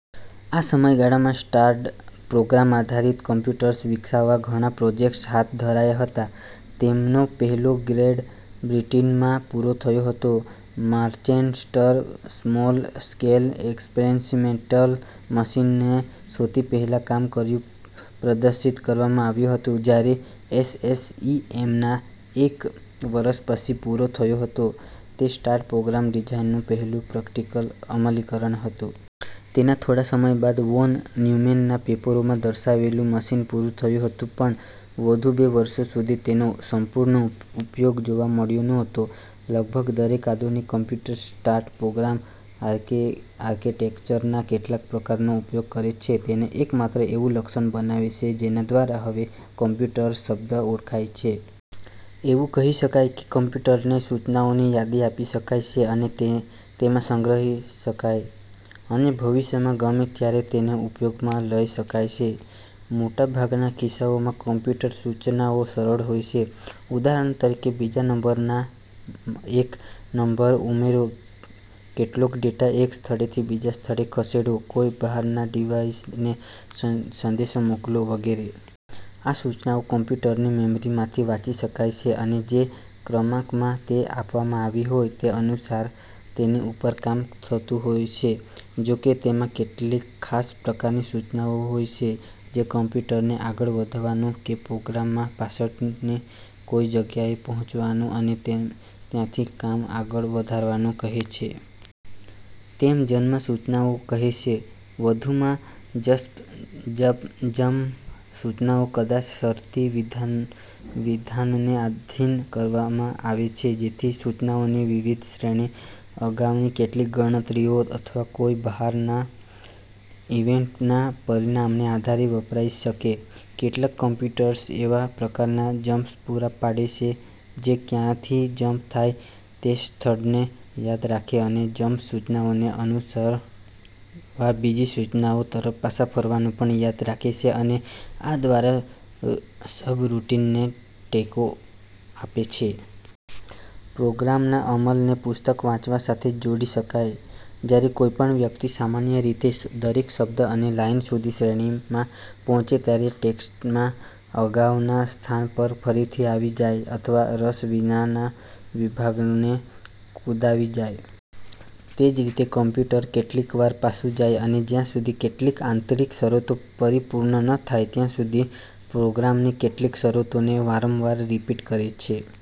આ સમયગાળામાં સ્ટોર્ડ-પ્રોગ્રામ આધારિત કમ્પ્યુટર્સ વિકસાવવા ઘણાં પ્રોજેક્ટ્સ હાથ ધરાયા હતા, તેમાંનો પહેલો ગ્રેટ બ્રિટનમાં પુરો થયો હતો. માન્ચેસ્ટર સ્મોલ-સ્કેલ એક્સપેરિમેન્ટલ મશીન ને સૌથી પહેલા કામ કરતું પ્રદર્શિત કરવામાં આવ્યું હતું, જ્યારે SSEMનાં એક વર્ષ પછી પુરો થયો હતો, તે સ્ટોર્ડ પ્રોગ્રામ ડિઝાઇનનું પહેલું પ્રેક્ટિકલ અમલીકરણ હતું. તેના થોડા સમય બાદ વોન ન્યુમેનના પેપરમાં દર્શાવાયેલુ મશીન પુરૂ થયું હતું પણ વધુ બે વર્ષ સુધી તેનો સંપૂર્ણ ઉપયોગ જોવા મળ્યો નહોતો. લગભગ દરેક આધુનિક કમ્પ્યુટર્સ સ્ટોર્ડ પ્રોગ્રામ આર્કિટેક્ચરના કેટલાંક પ્રકારનો ઉપયોગ કરે છે, તેને એકમાત્ર એવુ લક્ષણ બનાવે છે જેના દ્વારા હવે "કમ્પ્યુટર" શબ્દ ઓળખાય છે. એવુ કહી શકાય કે કમ્પ્યુટરને સૂચનાઓની યાદી આપી શકાય છે અને તે તેમાં સંગ્રહી શકાય અને ભવિષ્યમાં ગમે ત્યારે તેને ઉપયોગમાં લઇ શકાય છે. મોટાભાગના કિસ્સાઓમાં, કમ્પ્યુટર સૂચનાઓ સરળ હોય છે. ઉદાહરણ તરીકે બીજા નંબરમાં એક નંબર ઉમેરો, કેટલોક ડેટા એક સ્થળેથી બીજા સ્થળે ખસેડો, કોઇ બહાર ના ડિવાઇસ ને સંદેશો મોકલો, વગેરે. આ સૂચનાઓ કમ્પ્યુટરની મેમરી માંથી વાંચી શકાય છે અને જે ક્રમાંકમાં તે આપવામાં આવી હોય તે અનુસાર તેની ઉપર કામ થતું હોય છે. જોકે, તેમાં કેટલીક ખાસ પ્રકારની સૂચનાઓ હોય છે જે કમ્પ્યુટરને આગળ વધવાનું કે પ્રોગ્રામમાં પાછળની કોઇ જગ્યાએ પહોચવાનું અને ત્યાંથી કામ આગળ વધારવાનું કહે છે. તેને "જમ્પ" સૂચનાઓ કહે છે. વધુમાં, જમ્પ સૂચનાઓ કદાચ શરતી વિધાનને આધિન કરવામાં આવે છે જેથી સૂચનાઓની વિવિધ શ્રેણી અગાઉની કેટલીક ગણતરીઓ અથવા કોઇ બહાર ના ઇવેન્ટ ના પરિણામને આધારે વપરાઇ શકે. કેટલાંક કમ્પ્યુટર્સ એવા પ્રકારના જમ્પ પુરા પાડે છે જે ક્યાંથી જમ્પ થાય છે તે સ્થળને યાદ રાખે અને જમ્પ સૂચનાઓને અનુસરવા બીજી સૂચનાઓ તરફ પાછા ફરવાનું પણ યાદ રાખે છે અને આ દ્વારા સબરૂટિનને ટેકો આપે છે. પ્રોગ્રામના અમલને પુસ્તક વાંચવા સાથે જોડી શકાય. જ્યારે કોઇ પણ વ્યક્તિ સામાન્ય રીતે દરેક શબ્દ અને લાઇન સુધી શ્રેણીમાં પહોંચે ત્યારે, ટેક્સ્ટમાં અગાઉના સ્થાન પર ફરીથી આવી જાય અથવા રસ વિનાના વિભાગોને કૂદાવી જાય. તેજ રીતે કમ્પ્યુટર કેટલીકવાર પાછુ જાય અને જ્યા સુધી કેટલીક આંતરિક શરતો પરિપૂર્ણ ન થાય ત્યા સુધી પ્રોગ્રામની કેટલીક શરતોને વારંવાર રીપીટ કરે છે.